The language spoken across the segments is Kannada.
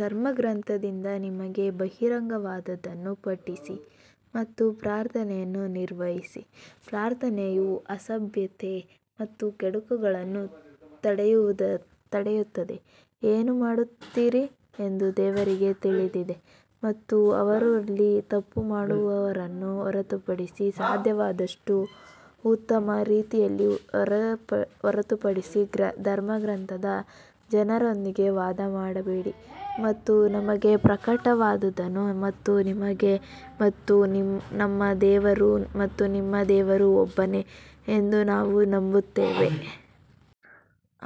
ಧರ್ಮಗ್ರಂಥದಿಂದ ನಿಮಗೆ ಬಹಿರಂಗವಾದದ್ದನ್ನು ಪಠಿಸಿ ಮತ್ತು ಪ್ರಾರ್ಥನೆಯನ್ನು ನಿರ್ವಹಿಸಿ ಪ್ರಾರ್ಥನೆಯು ಅಸಭ್ಯತೆ ಮತ್ತು ಕೆಡುಕುಗಳನ್ನು ತಡೆಯುತ್ತದೆ ಮತ್ತು ದೇವರ ಸ್ಮರಣೆಯು ಹೆಚ್ಚು ಮತ್ತು ನೀವು ಏನು ಮಾಡುತ್ತೀರಿ ಎಂದು ದೇವರಿಗೆ ತಿಳಿದಿದೆ ಮತ್ತು ಅವರಲ್ಲಿ ತಪ್ಪು ಮಾಡುವವರನ್ನು ಹೊರತುಪಡಿಸಿ ಸಾಧ್ಯವಾದಷ್ಟು ಉತ್ತಮ ರೀತಿಯಲ್ಲಿ ಹೊರತುಪಡಿಸಿ ಧರ್ಮಗ್ರಂಥದ ಜನರೊಂದಿಗೆ ವಾದ ಮಾಡಬೇಡಿ ಮತ್ತು ನಮಗೆ ಪ್ರಕಟವಾದದ್ದನ್ನು ಮತ್ತು ನಿಮಗೆ ಮತ್ತು ನಮ್ಮ ದೇವರು ಮತ್ತು ನಿಮ್ಮ ದೇವರು ಒಬ್ಬನೇ ಎಂದು ನಾವು ನಂಬುತ್ತೇವೆ.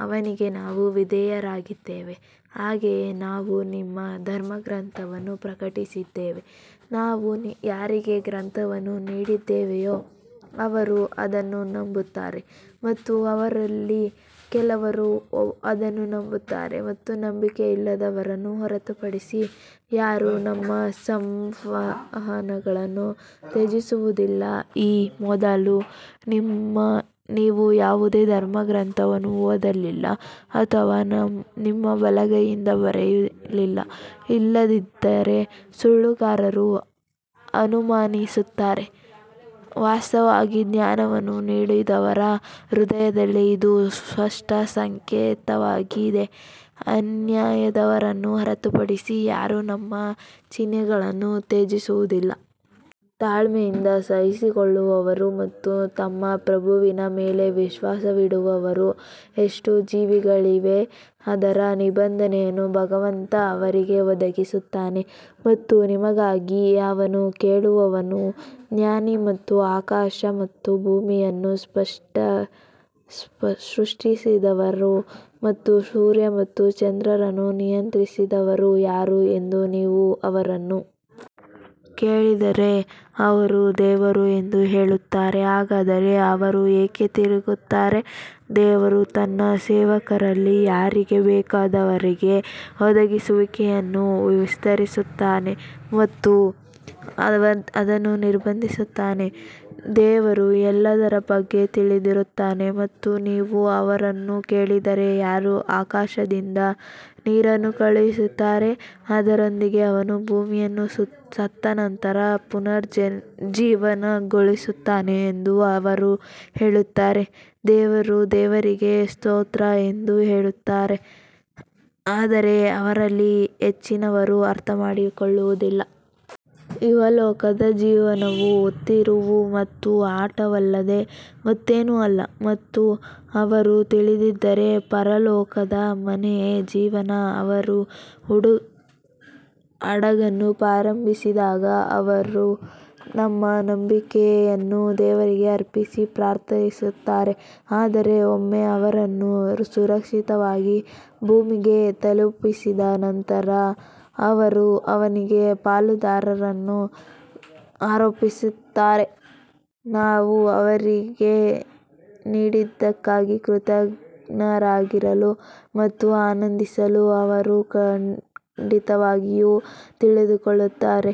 ಅವನಿಗೆ ನಾವು ವಿಧೇಯರಾಗಿದ್ದೇವೆ ಹಾಗೆಯೇ ನಾವು ನಿಮಗೆ ಧರ್ಮಗ್ರಂಥವನ್ನು ಪ್ರಕಟಿಸಿದ್ದೇವೆ, ನಾವು ಯಾರಿಗೆ ಗ್ರಂಥವನ್ನು ನೀಡಿದ್ದೇವೆಯೋ ಅವರು ಅದನ್ನು ನಂಬುತ್ತಾರೆ ಮತ್ತು ಅವರಲ್ಲಿ ಕೆಲವರು ಅದನ್ನು ನಂಬುತ್ತಾರೆ ಮತ್ತು ನಂಬಿಕೆಯಿಲ್ಲದವರನ್ನು ಹೊರತುಪಡಿಸಿ ಯಾರೂ ನಮ್ಮ ಸಂವಹನಗಳನ್ನು ತ್ಯಜಿಸುವುದಿಲ್ಲ. ಈ ಮೊದಲು ನೀವು ಯಾವುದೇ ಧರ್ಮಗ್ರಂಥವನ್ನು ಓದಲಿಲ್ಲ ಅಥವಾ ನಿಮ್ಮ ಬಲಗೈಯಿಂದ ಬರೆಯಲಿಲ್ಲ ಇಲ್ಲದಿದ್ದರೆ ಸುಳ್ಳುಗಾರರು ಅನುಮಾನಿಸುತ್ತಾರೆ ವಾಸ್ತವವಾಗಿ, ಜ್ಞಾನವನ್ನು ನೀಡಿದವರ ಹೃದಯದಲ್ಲಿ ಇದು ಸ್ಪಷ್ಟ ಸಂಕೇತವಾಗಿದೆ, ಅನ್ಯಾಯದವರನ್ನು ಹೊರತುಪಡಿಸಿ ಯಾರೂ ನಮ್ಮ ಚಿಹ್ನೆಗಳನ್ನು ತ್ಯಜಿಸುವುದಿಲ್ಲ. ತಾಳ್ಮೆಯಿಂದ ಸಹಿಸಿಕೊಳ್ಳುವವರು ಮತ್ತು ತಮ್ಮ ಪ್ರಭುವಿನ ಮೇಲೆ ವಿಶ್ವಾಸವಿಡುವವರು ಎಷ್ಟು ಜೀವಿಗಳಿವೆ ಅದರ ನಿಬಂಧನೆಯನ್ನು ಭಗವಂತ ಅವರಿಗೆ ಒದಗಿಸುತ್ತಾನೆ ಮತ್ತು ನಿಮಗಾಗಿ ಅವನು ಕೇಳುವವನು ಜ್ಞಾನಿ ಮತ್ತು ಆಕಾಶ ಮತ್ತು ಭೂಮಿಯನ್ನು ಸೃಷ್ಟಿಸಿದವರು ಮತ್ತು ಸೂರ್ಯ ಮತ್ತು ಚಂದ್ರರನ್ನು ನಿಯಂತ್ರಿಸಿದವರು ಯಾರು ಎಂದು ನೀವು ಅವರನ್ನು ಕೇಳಿದರೆ ಅವರು ದೇವರು ಎಂದು ಹೇಳುತ್ತಾರೆ ಹಾಗಾದರೆ ಅವರು ಏಕೆ ತಿರುಗುತ್ತಾರೆ ದೇವರು ತನ್ನ ಸೇವಕರಲ್ಲಿ ಯಾರಿಗೆ ಬೇಕಾದವರಿಗೆ ಒದಗಿಸುವಿಕೆಯನ್ನು ವಿಸ್ತರಿಸುತ್ತಾನೆ ಮತ್ತು ಅದನ್ನು ನಿರ್ಬಂಧಿಸುತ್ತಾನೆ ದೇವರು ಎಲ್ಲದರ ಬಗ್ಗೆ ತಿಳಿದಿರುತ್ತಾನೆ ಮತ್ತು ನೀವು ಅವರನ್ನು ಕೇಳಿದರೆ ಯಾರು ಆಕಾಶದಿಂದ ನೀರನ್ನು ಕಳುಹಿಸುತ್ತಾರೆ, ಅದರೊಂದಿಗೆ ಅವನು ಭೂಮಿಯನ್ನು ಸತ್ತ ನಂತರ ಪುನರುಜ್ಜೀವನಗೊಳಿಸುತ್ತಾನೆ ಎಂದು ಅವರು ಹೇಳುತ್ತಾರೆ, ದೇವರು ದೇವರಿಗೆ ಸ್ತೋತ್ರ ಎಂದು ಹೇಳುತ್ತಾನೆ ಆದರೆ ಅವರಲ್ಲಿ ಹೆಚ್ಚಿನವರು ಅರ್ಥಮಾಡಿಕೊಳ್ಳುವುದಿಲ್ಲ. ಇಹಲೋಕದ ಜೀವನವು ತಿರುವು ಮತ್ತು ಆಟವಲ್ಲದೇ ಮತ್ತೇನೂ ಅಲ್ಲ ಮತ್ತು ಅವರು ತಿಳಿದಿದ್ದರೆ ಪರಲೋಕದ ಮನೆಯೇ ಜೀವನ ಅವರು ಹಡಗನ್ನು ಪ್ರಾರಂಭಿಸಿದಾಗ ಅವರು ತಮ್ಮ ನಂಬಿಕೆಯನ್ನು ದೇವರಿಗೆ ಅರ್ಪಿಸಿ ಪ್ರಾರ್ಥಿಸುತ್ತಾರೆ ಆದರೆ ಒಮ್ಮೆ ಅವರನ್ನು ಸುರಕ್ಷಿತವಾಗಿ ಭೂಮಿಗೆ ತಲುಪಿಸಿದ ನಂತರ ಅವರು ಅವನಿಗೆ ಪಾಲುದಾರರನ್ನು ಆರೋಪಿಸುತ್ತಾರೆ. ನಾವು ಅವರಿಗೆ ನೀಡಿದ್ದಕ್ಕಾಗಿ ಕೃತಜ್ಞರಾಗಿರಲು ಮತ್ತು ಆನಂದಿಸಲು ಅವರು ಖಂಡಿತವಾಗಿಯೂ ತಿಳಿದುಕೊಳ್ಳುತ್ತಾರೆ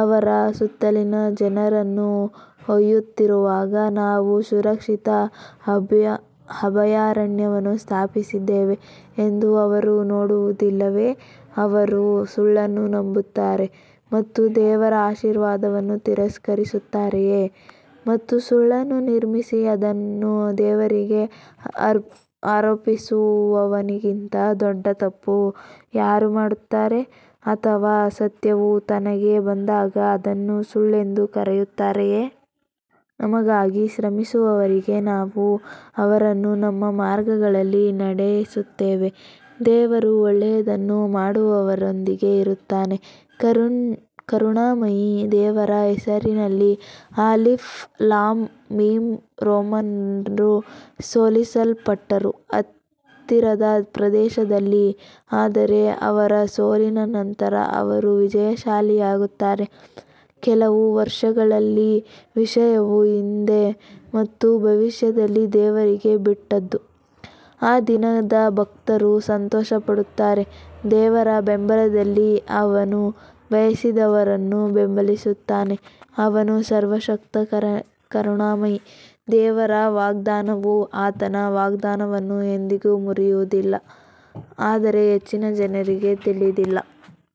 ಅವರ ಸುತ್ತಲಿನ ಜನರನ್ನು ಒಯ್ಯುತ್ತಿರುವಾಗ ನಾವು ಸುರಕ್ಷಿತ ಅಭಯಾರಣ್ಯವನ್ನು ಸ್ಥಾಪಿಸಿದ್ದೇವೆ ಎಂದು ಅವರು ನೋಡುವುದಿಲ್ಲವೇ ಅವರು ಸುಳ್ಳನ್ನು ನಂಬುತ್ತಾರೆ ಮತ್ತು ದೇವರ ಆಶೀರ್ವಾದವನ್ನು ತಿರಸ್ಕರಿಸುತ್ತಾರೆಯೇ? ಮತ್ತು ಸುಳ್ಳನ್ನು ನಿರ್ಮಿಸಿ ಅದನ್ನು ದೇವರಿಗೆ ಆರೋಪಿಸುವವನಿಗಿಂತ ದೊಡ್ಡ ತಪ್ಪು ಯಾರು ಮಾಡುತ್ತಾರೆ ಅಥವಾ ಸತ್ಯವು ತನಗೆ ಬಂದಾಗ ಅದನ್ನು ಸುಳ್ಳೆಂದು ಕರೆಯುತ್ತಾರೆಯೇ? ನಮಗಾಗಿ ಶ್ರಮಿಸುವವರಿಗೆ ನಾವು ಅವರನ್ನು ನಮ್ಮ ಮಾರ್ಗಗಳಲ್ಲಿ ನಡೆಸುತ್ತೇವೆ, ದೇವರು ಒಳ್ಳೆಯದನ್ನು ಮಾಡುವವರೊಂದಿಗೆ ಇರುತ್ತಾನೆ ಕರುಣಾಮಯಿ ದೇವರ ಹೆಸರಿನಲ್ಲಿ ಅಲಿಫ್ ಲಾಮ್ ಮೀಮ್ ರೋಮನ್ನರು ಸೋಲಿಸಲ್ಪಟ್ಟರು ಹತ್ತಿರದ ಪ್ರದೇಶದಲ್ಲಿ ಆದರೆ ಅವರ ಸೋಲಿನ ನಂತರ ಅವರು ವಿಜಯಶಾಲಿಯಾಗುತ್ತಾರೆ ಕೆಲವು ವರ್ಷಗಳಲ್ಲಿ ವಿಷಯವು ಹಿಂದೆ ಮತ್ತು ಭವಿಷ್ಯದಲ್ಲಿ ದೇವರಿಗೆ ಬಿಟ್ಟದ್ದು ಆ ದಿನ ಭಕ್ತರು ಸಂತೋಷಪಡುತ್ತಾರೆ ದೇವರ ಬೆಂಬಲದಲ್ಲಿ ಅವನು ಬಯಸಿದವರನ್ನು ಬೆಂಬಲಿಸುತ್ತಾನೆ ಅವನು ಸರ್ವಶಕ್ತ ಕರುಣಾಮಯಿ ದೇವರ ವಾಗ್ದಾನವು ಆತನ ವಾಗ್ದಾನವನ್ನು ಎಂದಿಗೂ ಮುರಿಯುವುದಿಲ್ಲ ಆದರೆ ಹೆಚ್ಚಿನ ಜನರಿಗೆ ತಿಳಿದಿಲ್ಲ.